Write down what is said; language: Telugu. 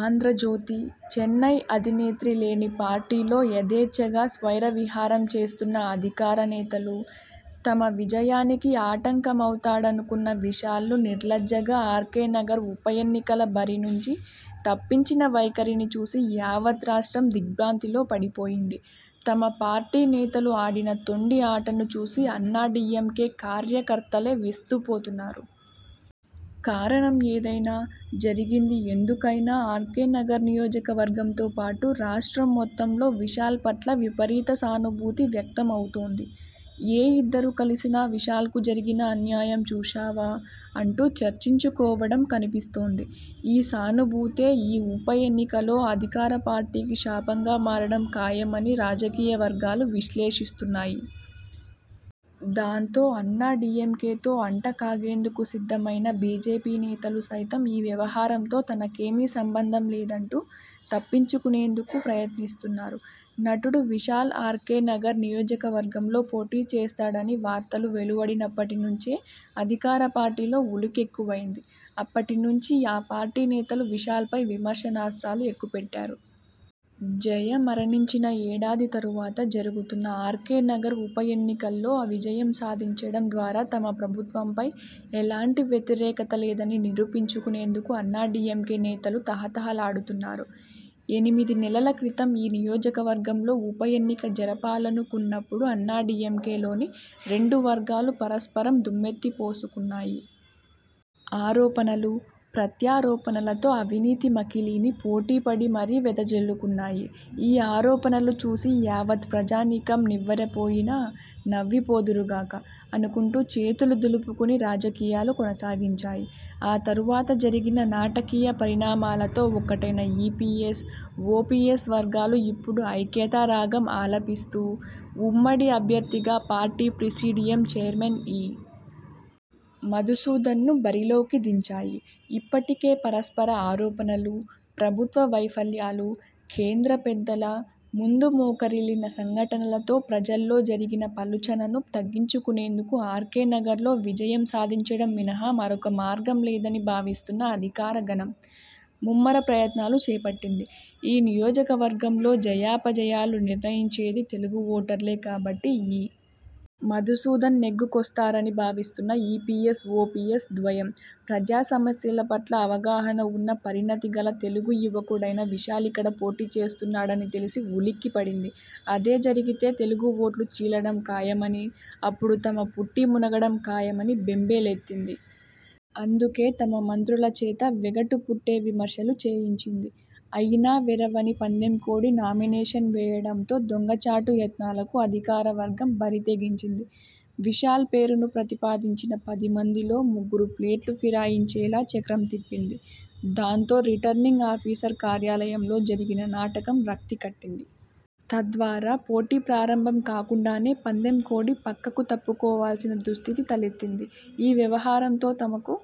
ఆంధ్రజ్యోతి, చెన్నై అధినేత్రి లేని పార్టీలో యధేచ్ఛగా స్వైర విహారం చేస్తున్న అధికార నేతలు, తమ విజయానికి ఆటంకమవుతాడనుకున్న విశాల్ను నిర్లజ్జగా ఆర్కే నగర్ ఉప ఎన్నికల బరి నుంచి తప్పించిన వైఖరిని చూసి యావత్ రాష్ట్రం దిగ్ర్భాంతిలో పడి పోయింది. తమ పార్టీ నేతలు ఆడిన తొండి ఆటను చూసి అన్నాడీఎంకే కార్య కర్తలే విస్తు పోతున్నారు. కారణం ఏదైనా, జరిగింది ఎందు కైనా ఆర్కే నగర్ నియోజక వర్గంతో పాటు రాష్ట్రం మొత్తం లో విశాల్ పట్ల విపరీత సానుభూతి వ్యక్త మవుతోంది. ఏ ఇద్దరు కలిసినా విశాల్కు జరిగిన అన్యాయం చూశావా? అంటూ చర్చించు కోవడం కనిపిస్తోంది. ఈ సానుభూతే ఈ ఉప ఎన్నికలో అధికార పార్టీకి శాపంగా మారడం ఖాయమని రాజకీయ వర్గాలు విశ్లేషిస్తున్నాయి. దాంతో అన్నా డీఎంకేతో అంట కాగేందుకు సిద్ధమైన బీజేపీ నేతలు సైతం ఈ వ్యవహారంతో తమకేమీ సంబంధం లేదంటూ తప్పించు కునేందుకు ప్రయత్నిస్తున్నారు. నటుడు విశాల్ ఆర్కే నగర్ నియోజక వర్గంలో పోటీ చేస్తాడని వార్తలు వెలు వడినప్పటి నుంచే అధికార పార్టీలో ఉలుకెక్కువైంది. అప్పటి నుంచి ఆ పార్టీ నేతలు విశాల్పై విమర్శ నాస్త్రాలు ఎక్కు పెట్టారు. జయ మరణించిన ఏడాది తరువాత జరు గుతున్న ఆర్కే నగర్ ఉప ఎన్నికల్లో విజయం సాధించడం ద్వారా తమ ప్రభుత్వం పై ఎలాంటి వ్యతిరేకత లేదని నిరూపించు కునేందుకు అన్నా డీఎంకే నేతలు తహతహ లాడుతున్నారు. ఎనిమిది నెలల క్రితం ఈ నియోజక వర్గంలో ఉప ఎన్నిక జరపాలను కున్నప్పుడు అన్నా డీఎంకే లోని రెండు వర్గాలు పరస్పరం దుమ్మెత్తిపోసు కున్నాయి. ఆరోపణలు, ప్రత్యా రోపణలతో 'అవినీతి మకిలీ'ని పోటీపడి మరీ వెద జల్లు కున్నాయి. ఈ ఆరోపణలు చూసి యావత్ ప్రజానీకం నివ్వెర పోయినా, నవ్వి పోదురుగాక! అనుకుంటూ చేతులు దులుపుకుని రాజకీయాలు కొనసాగించాయి. ఆ తరువాత జరిగిన నాటకీయ పరిణామాలతో ఒక్కటైన ఈపీఎస్, ఓపీఎస్ వర్గాలు ఇప్పుడు ఐక్యతా రాగం ఆలపిస్తూ, ఉమ్మడి అభ్యర్థిగా పార్టీ ప్రిసీడియం చైర్మన్ ఇ. మధుసూదన్ను బరిలోకి దించాయి. ఇప్పటికే పరస్పర ఆరోపణలు, ప్రభుత్వ వైఫల్యాలు, కేంద్ర పెద్దల, ముందు మోకరిల్లిన సంఘటనలతో ప్రజల్లో జరిగిన పలుచనను తగ్గించు కునేందుకు ఆర్కే నగర్లో విజయం సాధించడం మినహా మరొక మార్గం లేదని భావిస్తున్న అధికార గణం, ముమ్మర ప్రయత్నాలు చేపట్టింది. ఈ నియోజక వర్గంలో జయాపజయాలు నిర్ణయించేది తెలుగు ఓటర్లే కాబట్టి ఇ. మధుసూదన్ నెగ్గుకొస్తారని భావిస్తున్న ఈపీఎస్ ఓపీఎస్ ధ్వయం, ప్రజా సమస్యల పట్ల అవగాహన వున్న పరిణతి గల తెలుగు యువకుడైన విశాల్ ఇక్కడ పోటీ చేస్తున్నాడని తెలిసి ఉలిక్కి పడింది. అదే జరిగితే తెలుగు ఓట్లు చీలడం ఖాయమని, అప్పుడు తమ పుట్టి మునగడం ఖాయమని బెంబే లెత్తింది. అందుకే తమ మంత్రుల చేత వెగటు పుట్టే విమర్శలు చేయించింది. అయినా వెరవని 'పందెం కోడి' నామినేషన్ వేయడంతో 'దొంగ చాటు' యత్నాలకు అధికార వర్గం బరి తెగించింది. విశాల్ పేరును ప్రతి పాదించిన పది మందిలో ముగ్గురు ప్లేటు ఫిరాయించేలా చక్రం తిప్పింది. దాంతో రిటర్నింగ్ ఆఫీసర్ కార్యాలయంలో జరిగిన 'నాటకం' రక్తి కట్టింది. తద్వారా పోటీ ప్రారంభం కాకుండానే పందెం కోడి పక్కకు తప్పు కోవాల్సిన దుస్థితి తలెత్తింది. ఈ వ్యవహారంతో తమకు